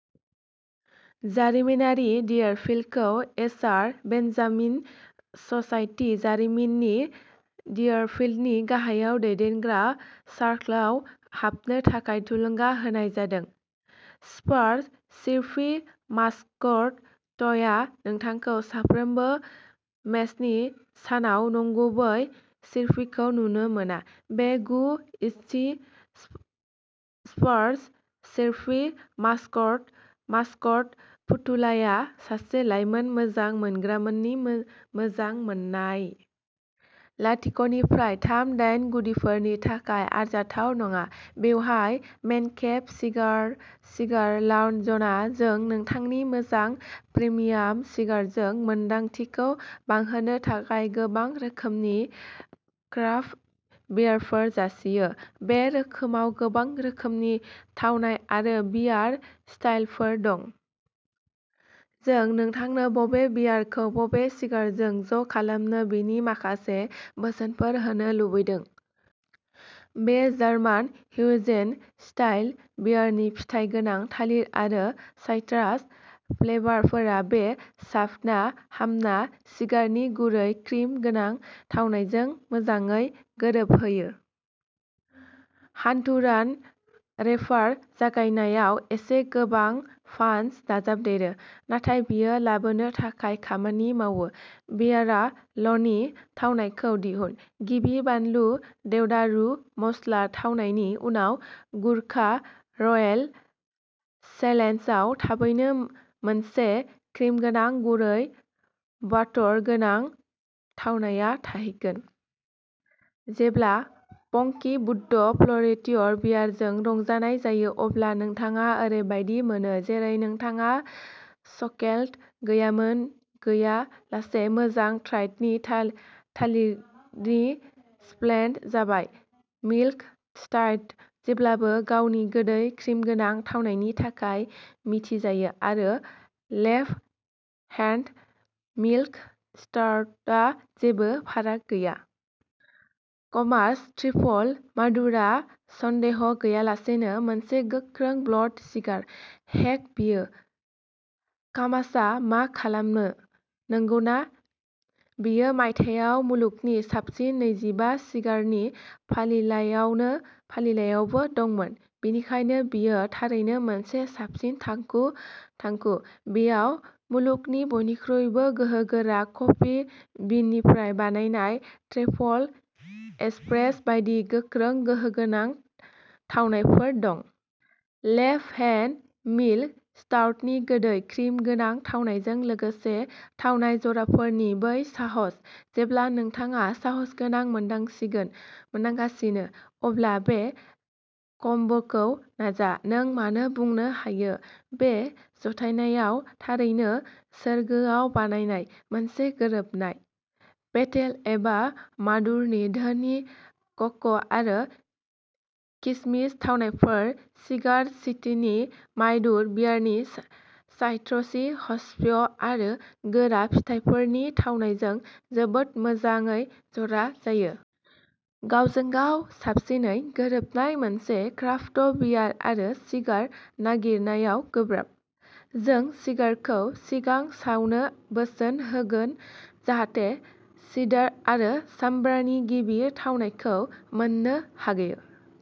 जारिमिनारि डियरफिल्डखौ एशार Benjamin society, जारिमिनारि डियरफिल्डनि गाहाय दैदेनग्रा सार्कलआव हाबनो थाखाय थुलुंगा होनाय जादों। स्पार्स चिर्पि मास्कट टयआ नोंथांखौ सानफ्रोमबो मैचनि सानाव नंगुबै चिर्पिखौ नुनो मोना। बे गु इन्चि स्पार्स चिर्पि मास्क मास्कट फुथुलाया सासे लाइमोन मोजां मोनग्राफोरनि मोजां मोनजानाय। लाथिक' निफ्राय थाम दाननि खुदियाफोरनि थाखाय आरजाथाव नङा। बेवहाय मेनकेभ सिगार सिगार लाउन्जआव जों नोंथांनि मोजां प्रिमियाम सिगारजों मोन्दांथिखौ बांहोनो थाखाय गोबां रोखोमनि क्राफ्ट बियारफोर जासियो। बे रोखोमाव गोबां रोखोमनि थावनाय आरो बियार स्टाइलफोर दं। जों नोंथांनो बबे बियारखौ बबे सिगारजों ज' खालामनो बेनि माखासे बोसोनफोर होनो लुबैदों। बे जार्मान हेफुइजेन स्टाइल बियारनि फिथाइ गोनां थालिर आरो साइट्रास फ्लेभारफोरा बे साबना हामना सिगारनि गुरै क्रिम गोनां थावनायजों मोजाङै गोरोबहोयो। हन्डुरान रेपारआ जागायजेननायाव एसे गोबाब पाञ्च दाजाबदेरो, नाथाय बेयो लाबोनो थाखाय खामानि मावो। बियाराव लंनि थावनायखौ दिहुन। गिबि बानलु देवदारु मस्ला थावनायनि उनाव गुर्खा रयेल चेलेन्जआ थाबैनो मोनसे क्रिमगोनां, गुरै, बाटर गोनां थावनायाव थाहैयो। जेब्ला फंकी बुद्ध फ्ल'रिडियन बियारजों रंजानाय जायो, अब्ला नोंथाङा ओरैबायदि मोनो जेरै नोंथाङा चकलेट गैयालासे मोनसे साइट्रसि थालिरनि स्प्लिट जाबाय। मिल्क स्टाउटआ जेब्लाबो गावनि गोदै क्रिमगोनां थावनायनि थाखाय मिथिजायो आरो लेफ्ट हेन्ड मिल्क स्टाउटआ जेबो फाराग गैया। कामाच'ट्रिपल मादुर'आ सन्देह गैयालासेनो मोनसे गोख्रों बोल्द सिगार। हेक बेयो। कामाच'आ मा खालामो, नंगौना? बेयो मायथाइयाव मुलुगनि साबसिन नैजिबा सिगारनि फारिलायावनो फारिलाइआवबो दंमोन, बेनिखायनो बेयो थारैनो मोनसे साबसिन थाखु थांखु। बेयाव मुलुगनि बयनिख्रुइबो गोहोगोरा कफि बिननिफ्राय बानायनाय ट्रिपल एस्प्रेस' बायदि गोख्रों गोहोगोनां थावनायफोर दं। लेफ्ट हेन्ड मिल्क स्टाउटनि गोदै, क्रिम गोनां थावनायजों लोगोसे थावनाय जराफोरनि बै साहस। जेब्ला नोंथाङा साहसगोनां मोनदांसिगोन मोनदांगासिनो, अब्ला बे कम्बोखौ नाजा। जों मा बुंनो हायो? बे जथायनाया थारैनो सोरगोआव बानायनाय मोनसे गोरोबनाय। पेटेल एज मादुर'नि धोनि क'क' आरो किसमिस थावनायफोर सिगार सिटीनि मादुर बियारनि सा-साइट्रसि हप्स आरो गोरान फिथाइफोरनि थावनायजों जोबोद मोजाङै जरा जायो। गावजों गाव साबसिनै गोरोबनाय मोनसे क्राफ्ट बियार आरो सिगार नागिरनाया गोब्राब। जों सिगारखौ सिगां सावनो बोसोन होगोन जाहाथे सिडार आरो सामब्रानि गिबि थावनायखौ मोननो हायो।